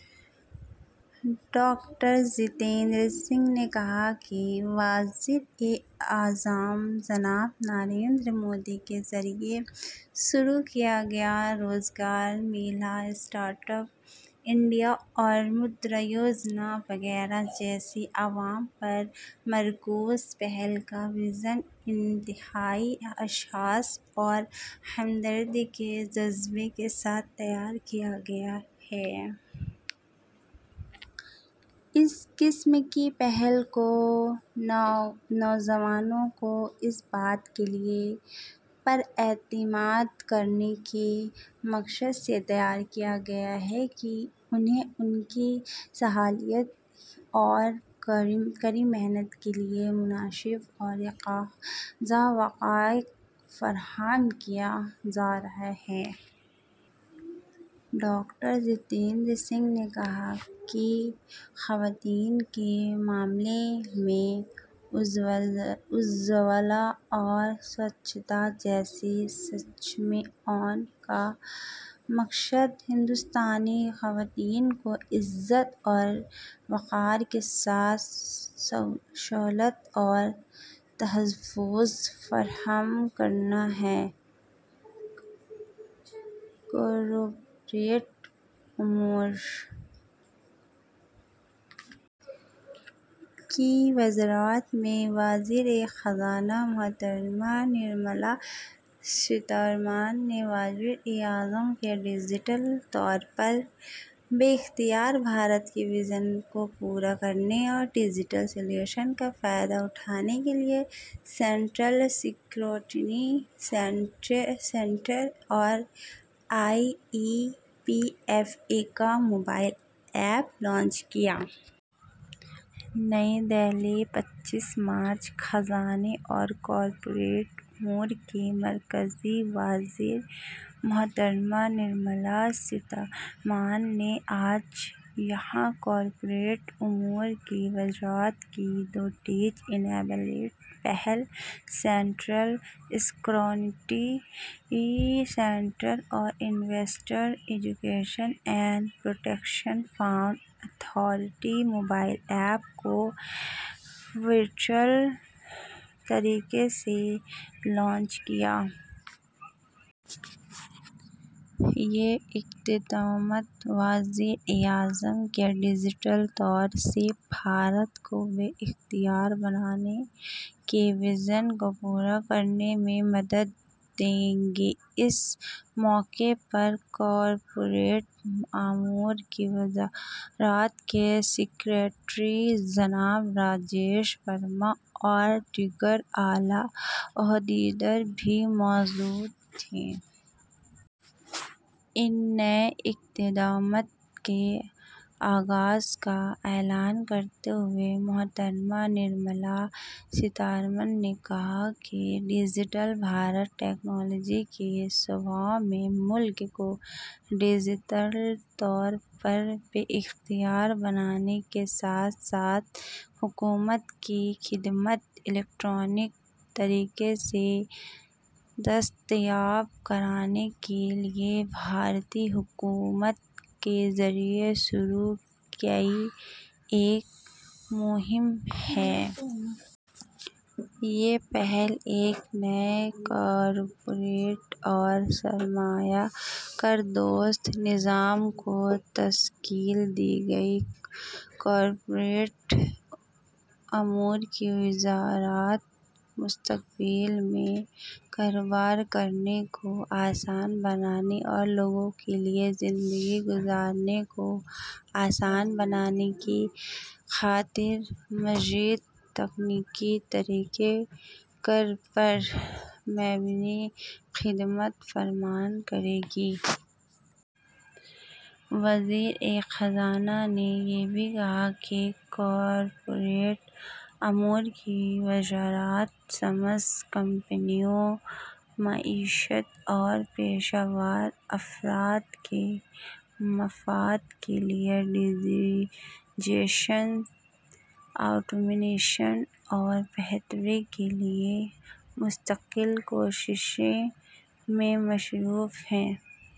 Doctor Jitendra Singh نے کہا کہ وزیراعظم جناب نریندر مودی کے ذریعے شروع کیا گیا روزگار میلہ اسٹارٹ اپ انڈیا اور مدرا یوجنا وغیرہ جیسی عوام پر مرکوز پہل کا وژن انتہائی حساس اور ہمدردی کے جذبہ کے ساتھ تیار کیا گیا ہے۔ اس قسم کی پہل کو نوجوانوں کو اس بات کے لیے پر اعتماد کرنے کے مقصد سے تیار کیا گیا ہے کہ انہیں ان کی صلاحیت اور کڑی محنت کے لیے مناسب اور یکساں مواقع فراہم کیے جا رہے ہیں۔ ڈاکٹر جتیندر سنگھ نے کہا کہ خواتین کے معاملے میں اجولا اور سوچھتا جیسی اسکیموں کا مقصد ہندوستانی خواتین کو عزت و وقار کے ساتھ سہولت اور تحفظ فراہم کرنا ہے۔ کارپوریٹ امور کی وزارت میں وزیر خزانہ محترمہ نرملا سیتا رمن نے وزیر اعظم کے ڈجیٹل طور پر با اختیار بھارت کے ویژن کو پورا کرنے اور ڈجیٹل سولوشن کا فائدہ اٹھانے کے لیے سینٹرل اسکروٹنی سینٹر اور I E P F A کا موبائل ایپ لانچ کیا۔ نئی دہلی پچیس مارچ خزانے اور کارپوریٹ امور کی مرکزی وزیر محترمہ سیتا رمن نے آج یہاں کارپوریٹ امور کی وزارت کی دو ٹیک انیبل پہل سینٹرل اسکروٹنی سینٹر اور investor education and protection fund authority mobile app کو ورچوئل طریقے سے لانچ کیا۔ یہ اقدامات وزیر اعظم کے ڈجیٹل طور سے بھارت کو با اختیار بنانے کے ویژن کو پورا کرنے میں مدد دیں گے۔ اس موقع پر کارپوریٹ امور کی وزارت کے سکریٹری جناب راجیش ورما اور دیگر اعلیٰ عہدیدار بھی موجود تھے۔ ان نئے اقدامات کے آغاز کا اعلان کرتے ہوئے محترمہ سیتا رمن نے کہا کہ ڈجیٹل بھارت ٹیکنالوجی کے شعبے میں ملک کو ڈجیٹل طور پر بااختیار بنانے کے ساتھ ساتھ حکومت کی خدمات الیکٹرانک طریقے سے دستیاب کرانے کے لیے بھارتی حکومت کے ذریعے شروع کی گئی ایک مہم ہے۔ یہ پہل ایک نئے کارپوریٹ اور سرمایہ کار دوست نظام کو تشکیل دے گی۔ کارپوریٹ امور کی وزارت مستقبل میں کاروبار کرنے کو آسان بنانے اور لوگوں کے لیے زندگی گزارنے کو آسان بنانے کی خاطر مزید تکنیکی طریقہ کار پر مبنی خدمات فراہم کرے گی۔ وزیر خزانہ نے یہ بھی کہا کہ کارپوریٹ امور کی وزارت سماج کمپنیوں معیشت اور پیشہ ور افراد کے مفاد کے لیے ڈجیٹائزیشن آٹومیشن اور بہتری کے لیے مسلسل کوششوں میں مصروف ہے۔